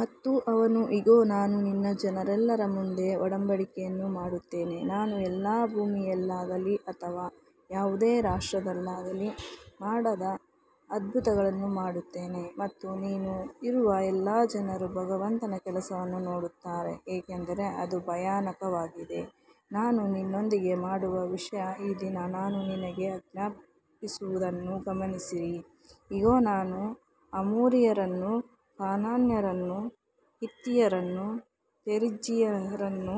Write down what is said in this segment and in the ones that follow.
ಮತ್ತು ಅವನು ಇಗೋ ನಾನು ನಿನ್ನ ಜನರೆಲ್ಲರ ಮುಂದೆ ಒಡಂಬಡಿಕೆಯನ್ನು ಮಾಡುತ್ತೇನೆ ನಾನು ಎಲ್ಲಾ ಭೂಮಿಯಲ್ಲಾಗಲಿ ಅಥವಾ ಯಾವುದೇ ರಾಷ್ಟ್ರದಲ್ಲಾಗಲಿ ಮಾಡದ ಅದ್ಭುತಗಳನ್ನು ಮಾಡುತ್ತೇನೆ ಮತ್ತು ನೀನು ಇರುವ ಎಲ್ಲಾ ಜನರು ಭಗವಂತನ ಕೆಲಸವನ್ನು ನೋಡುತ್ತಾರೆ ಏಕೆಂದರೆ ಅದು ಭಯಾನಕವಾಗಿದೆ. ನಾನು ನಿನ್ನೊಂದಿಗೆ ಮಾಡುವ ವಿಷಯ ಈ ದಿನ ನಾನು ನಿನಗೆ ಆಜ್ಞಾಪಿಸುವುದನ್ನು ಗಮನಿಸಿರಿ ಇಗೋ ನಾನು ಅಮೋರಿಯರನ್ನು ಕಾನಾನ್ಯರನ್ನು ಹಿತ್ತಿಯರನ್ನು ಪೆರಿಜ್ಜೀಯರನ್ನು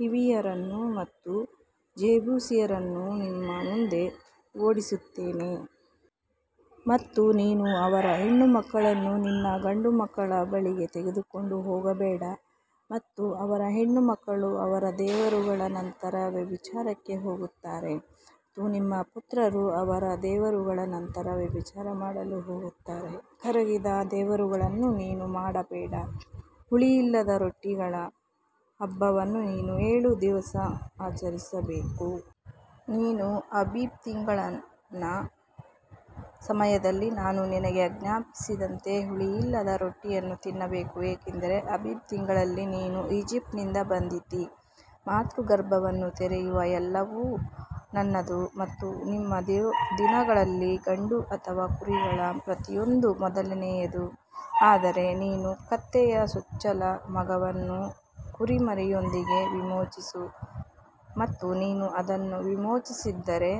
ಹಿವಿಯರನ್ನು ಮತ್ತು ಜೆಬೂಸಿಯರನ್ನು ನಿಮ್ಮ ಮುಂದೆ ಓಡಿಸುತ್ತೇನೆ. ಮತ್ತು ನೀನು ಅವರ ಹೆಣ್ಣುಮಕ್ಕಳನ್ನು ನಿನ್ನ ಗಂಡುಮಕ್ಕಳ ಬಳಿಗೆ ತೆಗೆದುಕೊಂಡು ಹೋಗಬೇಡ ಮತ್ತು ಅವರ ಹೆಣ್ಣುಮಕ್ಕಳು ಅವರ ದೇವರುಗಳ ನಂತರ ವ್ಯಭಿಚಾರಕ್ಕೆ ಹೋಗುತ್ತಾರೆ ಮತ್ತು ನಿಮ್ಮ ಪುತ್ರರು ಅವರ ದೇವರುಗಳ ನಂತರ ವ್ಯಭಿಚಾರ ಮಾಡಲು ಹೋಗುತ್ತಾರೆ. ಕರಗಿದ ದೇವರುಗಳನ್ನು ನೀನು ಮಾಡಬೇಡ. ಹುಳಿಯಿಲ್ಲದ ರೊಟ್ಟಿಗಳ ಹಬ್ಬವನ್ನು ನೀನು ಏಳು ದಿವಸ ಆಚರಿಸಬೇಕು. ನೀನು ಆಬೀಬ್ ತಿಂಗಳಿನ ಸಮಯದಲ್ಲಿ ನಾನು ನಿನಗೆ ಆಜ್ಞಾಪಿಸಿದಂತೆ ಹುಳಿಯಿಲ್ಲದ ರೊಟ್ಟಿಯನ್ನು ತಿನ್ನಬೇಕು ಏಕೆಂದರೆ ಅಬೀಬ್ ತಿಂಗಳಲ್ಲಿ ನೀನು ಈಜಿಪ್ಟಿನಿಂದ ಬಂದಿದ್ದೀ. ಮಾತೃಗರ್ಭವನ್ನು ತೆರೆಯುವ ಎಲ್ಲವೂ ನನ್ನದು ಮತ್ತು ನಿಮ್ಮ ದನಗಳಲ್ಲಿ ಗಂಡು ಅಥವಾ ಕುರಿಗಳ ಪ್ರತಿಯೊಂದು ಮೊದಲನೆಯದು. ಆದರೆ ನೀನು ಕತ್ತೆಯ ಚೊಚ್ಚಲ ಮಗುವನ್ನು ಕುರಿಮರಿಯೊಂದಿಗೆ ವಿಮೋಚಿಸು ಮತ್ತು ನೀನು ಅದನ್ನು ವಿಮೋಚಿಸದಿದ್ದರೆ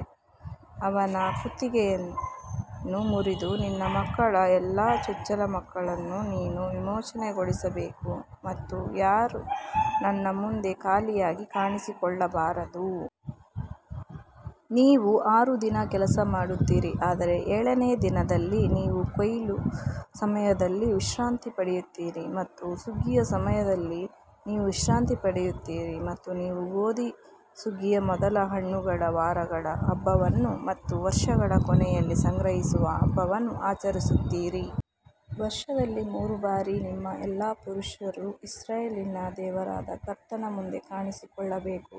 ಅವನ ಕುತ್ತಿಗೆಯನ್ನು ಮುರಿದು ನಿನ್ನ ಮಕ್ಕಳ ಎಲ್ಲಾ ಚೊಚ್ಚಲ ಮಕ್ಕಳನ್ನು ನೀನು ವಿಮೋಚನೆಗೊಳಿಸಬೇಕು ಮತ್ತು ಯಾರೂ ನನ್ನ ಮುಂದೆ ಖಾಲಿಯಾಗಿ ಕಾಣಿಸಿಕೊಳ್ಳಬಾರದು. ನೀವು ಆರು ದಿನ ಕೆಲಸ ಮಾಡುತ್ತೀರಿ ಆದರೆ ಏಳನೇ ದಿನದಲ್ಲಿ ನೀವು ಕೊಯ್ಲು ಸಮಯದಲ್ಲಿ ವಿಶ್ರಾಂತಿ ಪಡೆಯುತ್ತೀರಿ ಮತ್ತು ಸುಗ್ಗಿಯ ಸಮಯದಲ್ಲಿ ನೀವು ವಿಶ್ರಾಂತಿ ಪಡೆಯುತ್ತೀರಿ. ಮತ್ತು ನೀವು ಗೋಧಿ ಸುಗ್ಗಿಯ ಮೊದಲ ಹಣ್ಣುಗಳ ವಾರಗಳ ಹಬ್ಬವನ್ನು ಮತ್ತು ವರ್ಷಗಳ ಕೊನೆಯಲ್ಲಿ ಸಂಗ್ರಹಿಸುವ ಹಬ್ಬವನ್ನು ಆಚರಿಸುತ್ತೀರಿ. ವರ್ಷದಲ್ಲಿ ಮೂರು ಬಾರಿ ನಿಮ್ಮ ಎಲ್ಲಾ ಪುರುಷರು ಇಸ್ರಾಯೇಲಿನ ದೇವರಾದ ಕರ್ತನ ಮುಂದೆ ಕಾಣಿಸಿಕೊಳ್ಳಬೇಕು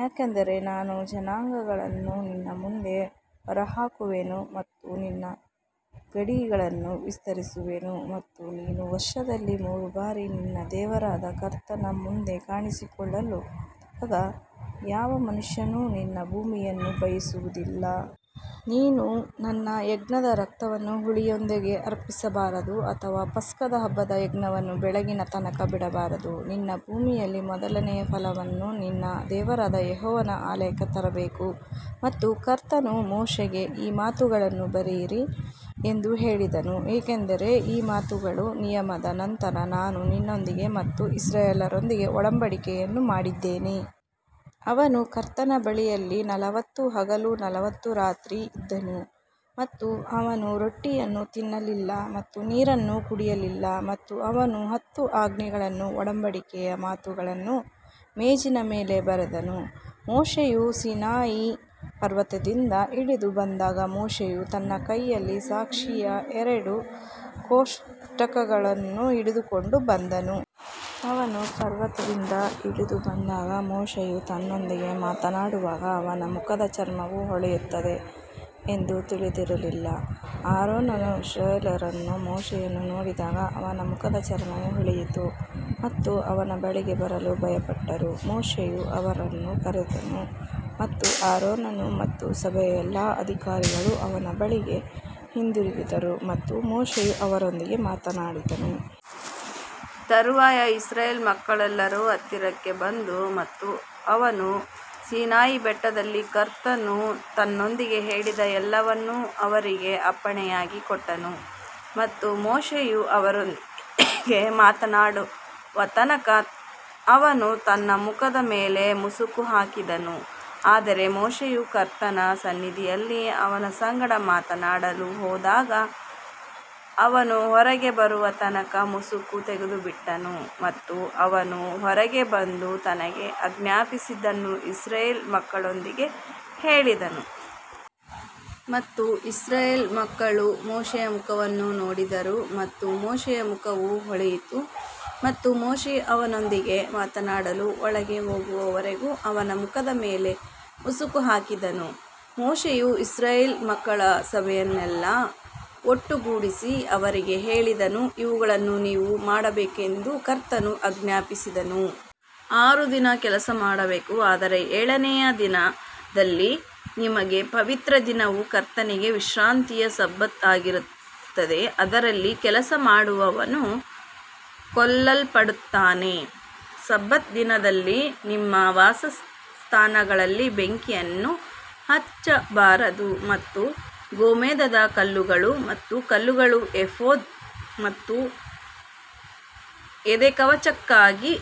ಯಾಕಂದರೆ ನಾನು ಜನಾಂಗಗಳನ್ನು ನಿನ್ನ ಮುಂದೆ ಹೊರಹಾಕುವೆನು ಮತ್ತು ನಿನ್ನ ಗಡಿಗಳನ್ನು ವಿಸ್ತರಿಸುವೆನು ಮತ್ತು ನೀನು ವರ್ಷದಲ್ಲಿ ಮೂರು ಬಾರಿ ನಿನ್ನ ದೇವರಾದ ಕರ್ತನ ಮುಂದೆ ಕಾಣಿಸಿಕೊಳ್ಳಲು ಹೋದಾಗ ಯಾವ ಮನುಷ್ಯನೂ ನಿನ್ನ ಭೂಮಿಯನ್ನು ಬಯಸುವುದಿಲ್ಲ. ನೀನು ನನ್ನ ಯಜ್ಞದ ರಕ್ತವನ್ನು ಹುಳಿಯೊಂದಿಗೆ ಅರ್ಪಿಸಬಾರದು ಅಥವಾ ಪಸ್ಕದ ಹಬ್ಬದ ಯಜ್ಞವನ್ನು ಬೆಳಗಿನ ತನಕ ಬಿಡಬಾರದು. ನಿನ್ನ ಭೂಮಿಯಲ್ಲಿ ಮೊದಲನೆಯ ಫಲವನ್ನು ನಿನ್ನ ದೇವರಾದ ಯೆಹೋವನ ಆಲಯಕ್ಕೆ ತರಬೇಕು. ಮತ್ತು ಕರ್ತನು ಮೋಶೆಗೆ ಈ ಮಾತುಗಳನ್ನು ಬರೆಯಿರಿ ಎಂದು ಹೇಳಿದನು ಏಕೆಂದರೆ ಈ ಮಾತುಗಳ ನಿಯಮದ ನಂತರ ನಾನು ನಿನ್ನೊಂದಿಗೆ ಮತ್ತು ಇಸ್ರಾಯೇಲ್ಯರೊಂದಿಗೆ ಒಡಂಬಡಿಕೆಯನ್ನು ಮಾಡಿದ್ದೇನೆ. ಅವನು ಕರ್ತನ ಬಳಿಯಲ್ಲಿ ನಲವತ್ತು ಹಗಲು ನಲವತ್ತು ರಾತ್ರಿ ಇದ್ದನು ಮತ್ತು ಅವನು ರೊಟ್ಟಿಯನ್ನು ತಿನ್ನಲಿಲ್ಲ ಮತ್ತು ನೀರನ್ನು ಕುಡಿಯಲಿಲ್ಲ ಮತ್ತು ಅವನು ಹತ್ತು ಆಜ್ಞೆಗಳನ್ನು ಒಡಂಬಡಿಕೆಯ ಮಾತುಗಳನ್ನು ಮೇಜಿನ ಮೇಲೆ ಬರೆದನು. ಮೋಶೆಯು ಸೀನಾಯಿ ಪರ್ವತದಿಂದ ಇಳಿದು ಬಂದಾಗ ಮೋಶೆಯು ತನ್ನ ಕೈಯಲ್ಲಿ ಸಾಕ್ಷಿಯ ಎರಡು ಕೋಷ್ಟಕಗಳನ್ನು ಹಿಡಿದುಕೊಂಡು ಬಂದನು. ಅವನು ಪರ್ವತದಿಂದ ಇಳಿದು ಬಂದಾಗ ಮೋಶೆಯು ತನ್ನೊಂದಿಗೆ ಮಾತನಾಡುವಾಗ ಅವನ ಮುಖದ ಚರ್ಮವು ಹೊಳೆಯುತ್ತದೆ ಎಂದು ತಿಳಿದಿರಲಿಲ್ಲ. ಆರೋನನೂ ಇಸ್ರಾಯೇಲ್ಯರೆಲ್ಲರೂ ಮೋಶೆಯನ್ನು ನೋಡಿದಾಗ ಅವನ ಮುಖದ ಚರ್ಮವು ಹೊಳೆಯಿತು ಮತ್ತು ಅವನ ಬಳಿಗೆ ಬರಲು ಭಯಪಟ್ಟರು. ಮೋಶೆಯು ಅವರನ್ನು ಕರೆದನು ಮತ್ತು ಆರೋನನು ಮತ್ತು ಸಭೆಯ ಎಲ್ಲಾ ಅಧಿಕಾರಿಗಳು ಅವನ ಬಳಿಗೆ ಹಿಂದಿರುಗಿದರು ಮತ್ತು ಮೋಶೆಯು ಅವರೊಂದಿಗೆ ಮಾತನಾಡಿದನು. ತರುವಾಯ ಇಸ್ರಾಯೇಲ್ ಮಕ್ಕಳೆಲ್ಲರೂ ಹತ್ತಿರಕ್ಕೆ ಬಂದರು ಮತ್ತು ಅವನು ಸೀನಾಯಿ ಬೆಟ್ಟದಲ್ಲಿ ಕರ್ತನು ತನ್ನೊಂದಿಗೆ ಹೇಳಿದ ಎಲ್ಲವನ್ನೂ ಅವರಿಗೆ ಅಪ್ಪಣೆಯಾಗಿ ಕೊಟ್ಟನು. ಮತ್ತು ಮೋಶೆಯು ಅವರೊಂದಿಗೆ ಮಾತನಾಡುವ ತನಕ ಅವನು ತನ್ನ ಮುಖದ ಮೇಲೆ ಮುಸುಕು ಹಾಕಿದನು ಆದರೆ ಮೋಶೆಯು ಕರ್ತನ ಸನ್ನಿಧಿಯಲ್ಲಿ ಅವನ ಸಂಗಡ ಮಾತನಾಡಲು ಹೋದಾಗ ಅವನು ಹೊರಗೆ ಬರುವ ತನಕ ಮುಸುಕನ್ನು ತೆಗೆದುಬಿಟ್ಟನು ಮತ್ತು ಅವನು ಹೊರಗೆ ಬಂದು ತನಗೆ ಆಜ್ಞಾಪಿಸಿದ್ದನ್ನು ಇಸ್ರಾಯೇಲ್ ಮಕ್ಕಳೊಂದಿಗೆ ಹೇಳಿದನು. ಮತ್ತು ಇಸ್ರಾಯೇಲ್ ಮಕ್ಕಳು ಮೋಶೆಯ ಮುಖವನ್ನು ನೋಡಿದರು ಮತ್ತು ಮೋಶೆಯ ಮುಖವು ಹೊಳೆಯಿತು ಮತ್ತು ಮೋಶೆಯು ಅವನೊಂದಿಗೆ ಮಾತನಾಡಲು ಒಳಗೆ ಹೋಗುವವರೆಗೂ ಅವನ ಮುಖದ ಮೇಲೆ ಮುಸುಕನ್ನು ಹಾಕಿದನು. ಮೋಶೆಯು ಇಸ್ರಾಯೇಲ್ ಮಕ್ಕಳ ಸಭೆಯನ್ನೆಲ್ಲಾ ಒಟ್ಟುಗೂಡಿಸಿ ಅವರಿಗೆ ಹೇಳಿದನು ಇವುಗಳನ್ನು ನೀವು ಮಾಡಬೇಕೆಂದು ಕರ್ತನು ಆಜ್ಞಾಪಿಸಿದನು. ಆರು ದಿನ ಕೆಲಸ ಮಾಡಬೇಕು ಆದರೆ ಏಳನೆಯ ದಿನದಲ್ಲಿ ನಿಮಗೆ ಪವಿತ್ರ ದಿನವು ಕರ್ತನಿಗೆ ವಿಶ್ರಾಂತಿಯ ಸಬ್ಬತ್ ಆಗಿರುತ್ತದೆ ಅದರಲ್ಲಿ ಕೆಲಸ ಮಾಡುವವನು ಕೊಲ್ಲಲ್ಪಡುತ್ತಾನೆ. ಸಬ್ಬತ್ ದಿನದಲ್ಲಿ ನಿಮ್ಮ ವಾಸಸ್ಥಾನಗಳಲ್ಲಿ ಬೆಂಕಿಯನ್ನು ಹಚ್ಚಬಾರದು ಮತ್ತು ಗೋಮೇಧದ ಕಲ್ಲುಗಳು ಮತ್ತು ಕಲ್ಲುಗಳು ಏಫೋದ್ ಮತ್ತು ಎದೆಕವಚಕ್ಕಾಗಿ ಇಡಬೇಕು.